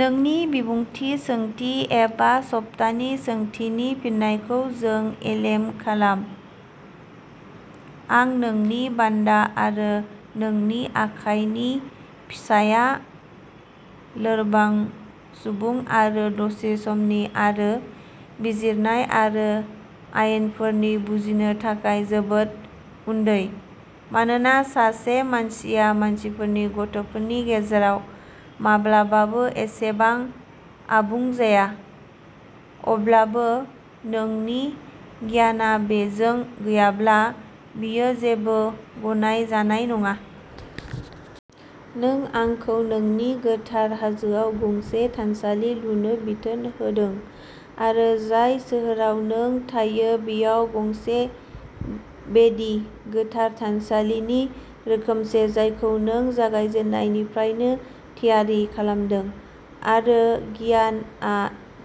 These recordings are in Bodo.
नोंनि बिबुंथि सोंथि एबा सप्तानि सोंथिनि फिननायखौ जों इमेल खालाम। आं नोंनि बान्दा आरो नोंनि आखाइनि फिसाया लोरबां सुबुं आरो दसे समनि आरो बिजिरनाय आरो आयेनफोरनि बुजिनो थाखाय जोबोद उन्दै। मानोना सासे मानसिया मानसिफोरनि गथ'फोरनि गेजेराव माब्लाबाबो एसेबां आबुं जाया, अब्लाबो नोंनि गियानआ बेजों गैयाब्ला, बियो जेबो गनाय जानाय नङा। नों आंखौ नोंनि गोथार हाजोआव गंसे थानसालि लुनो बिथोन होदों आरो जाय सोहोराव नों थायो बेयाव गंसे वेदी, गोथार थानसालिनि रोखोमसे, जायखौ नों जागायजेन्नायनिफ्रायनो थियारि खालामदों। आरो गियानआ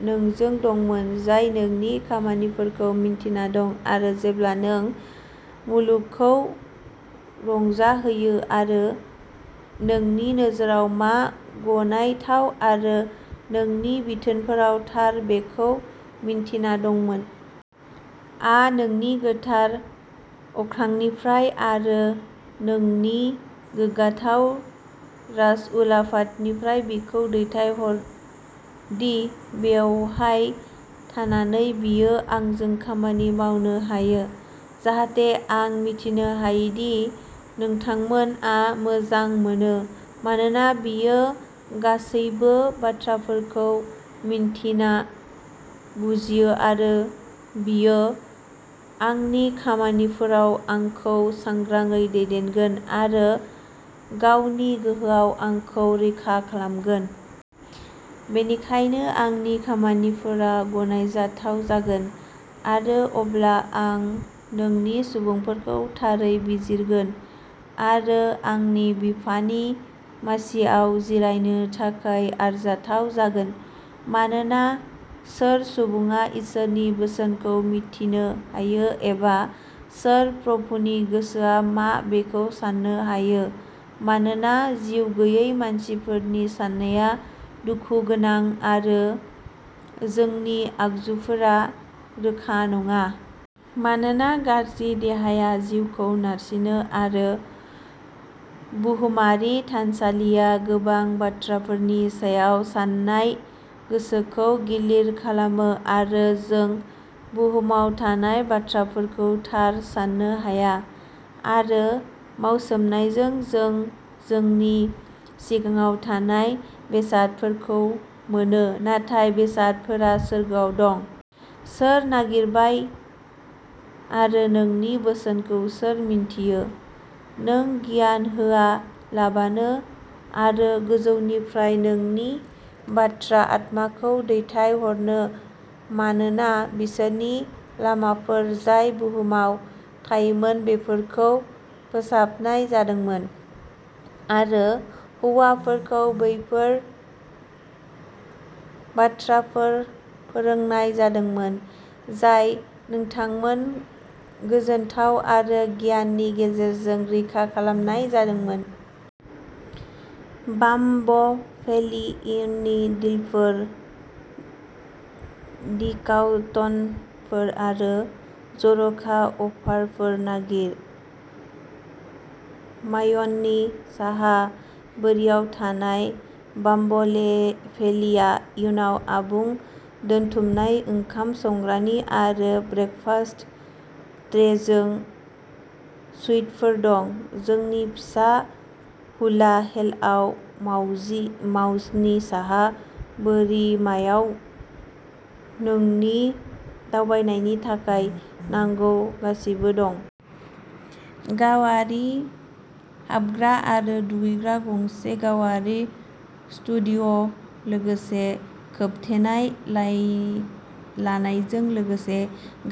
नोंजों दंमोन जाय नोंनि खामानिफोरखौ मिन्थिना दं आरो जेब्ला नों मुलुगखौ रंजाहोयो आरो नोंनि नोजोराव मा गनायथाव आरो नोंनि बिथोनफोराव थार बेखौ मिन्थिना दंमोन। आ नोंनि गोथार अख्रांनिफ्राय आरो नोंनि गोग्गाथाव राजउलाफादनिफ्राय बिखौ दैथायहरदि बेवहाय थानानै बियो आंजों खामानि मावनो हायो, जाहाथे आं मिथिनो हायो दि नोंथांनो मा मोजां मोनो। मानोना बियो गासैबो बाथ्राफोरखौ मिन्थिना बुजियो आरो बियो आंनि खामानिफोराव आंखौ सांग्राङै दैदेनगोन आरो गावनि गोहोआव आंखौ रैखा खालामगोन। बेनिखायनो आंनि खामानिफोरा गनायजाथाव जागोन, आरो अब्ला आं नोंनि सुबुंफोरखौ थारै बिजिरगोन आरो आंनि बिफानि मासिआव जिरायनो थाखाय आरजाथाव जागोन। मानोना सोर सुबुङा इसोरनि बोसोनखौ मिथिनो हायो एबा सोर प्रभुनि गोसोआ मा बेखौ सान्नो हायो मानोना जिउगैयै मानसिफोरनि साननाया दुखुगोनां आरो जोंनि आगजुफोरा रोखा नङा। मानोना गाज्रि देहाया जिउखौ नारसिनो आरो बुहुमारि थानसालिया गोबां बाथ्राफोरनि सायाव सान्नाय गोसोखौ गिलिर खालामो आरो जों बुहुमाव थानाय बाथ्राफोरखौ थार सान्नो हाया, आरो मावसोमनायजों जों जोंनि सिगाङाव थानाय बेसादफोरखौ मोनोः नाथाय जाय बेसादफोरा सोरगोआव दं। सोर नागिरबाय आरो नोंनि बोसोनखौ सोर मिन्थियो, नों गियान होआलाबानो आरो गोजौनिफ्राय नोंनि गोथार आत्माखौ दैथायहरनो मानोना बिसोरनि लामाफोर जाय बुहुमाव थायोमोन बेफोरखौ फोसाबनाय जादोंमोन आरो हौवाफोरखौ बैफोर बाथ्राफोर फोरोंनाय जादोंमोन जाय नोंथांनो गोजोनथाव आरो गियाननि गेजेरजों रैखा खालामनाय जादोंमोन। बाम्ब'भेलि इननि डिलफोर, डिस्काउन्टफोर आरो जर'खा अफारफोर नागिर। माउयनि साहा बोरियाव थानाय, बाम्ब'भेलि इनआव आबुं दोनथुमनाय ओंखाम संग्रानि आरो ब्रेकफास्ट ट्रेजों सुइटफोर दं। जोंनि फिसा हुला हेलआव माउनि साहा बोरिमायाव नोंनि दावबायनायनि थाखाय नांगौ गासैबो दं। गावारि हाबग्रा आरो दुगैग्रा गंसे गावारि स्टुडिय', लोगोसे खोबथेनाय लानाइजों मोनसे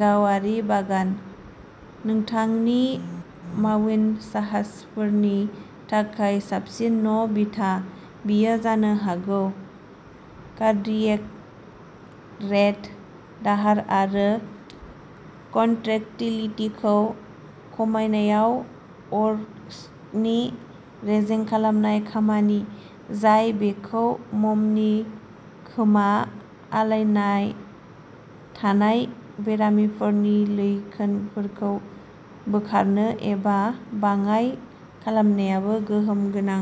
गावारि बागान। नोंथांनि माउइ साहसफोरनि थाखाय साबसिन न'- बिथा, बेयो जानो हागौ कार्डियेक रेट दाहार आरो कन्ट्रेक्टिलिटिखौ खमायनायाव औरक्सनि रेजें खालामनाय खामानि, जाय बेखौ ममनि खोमा आलायना थानाय बेरामिफोरनि लैखोनफोरखौ बोखारनो एबा बाङाइ खालामनायावबो गोहोम गोनां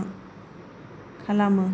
खालामो।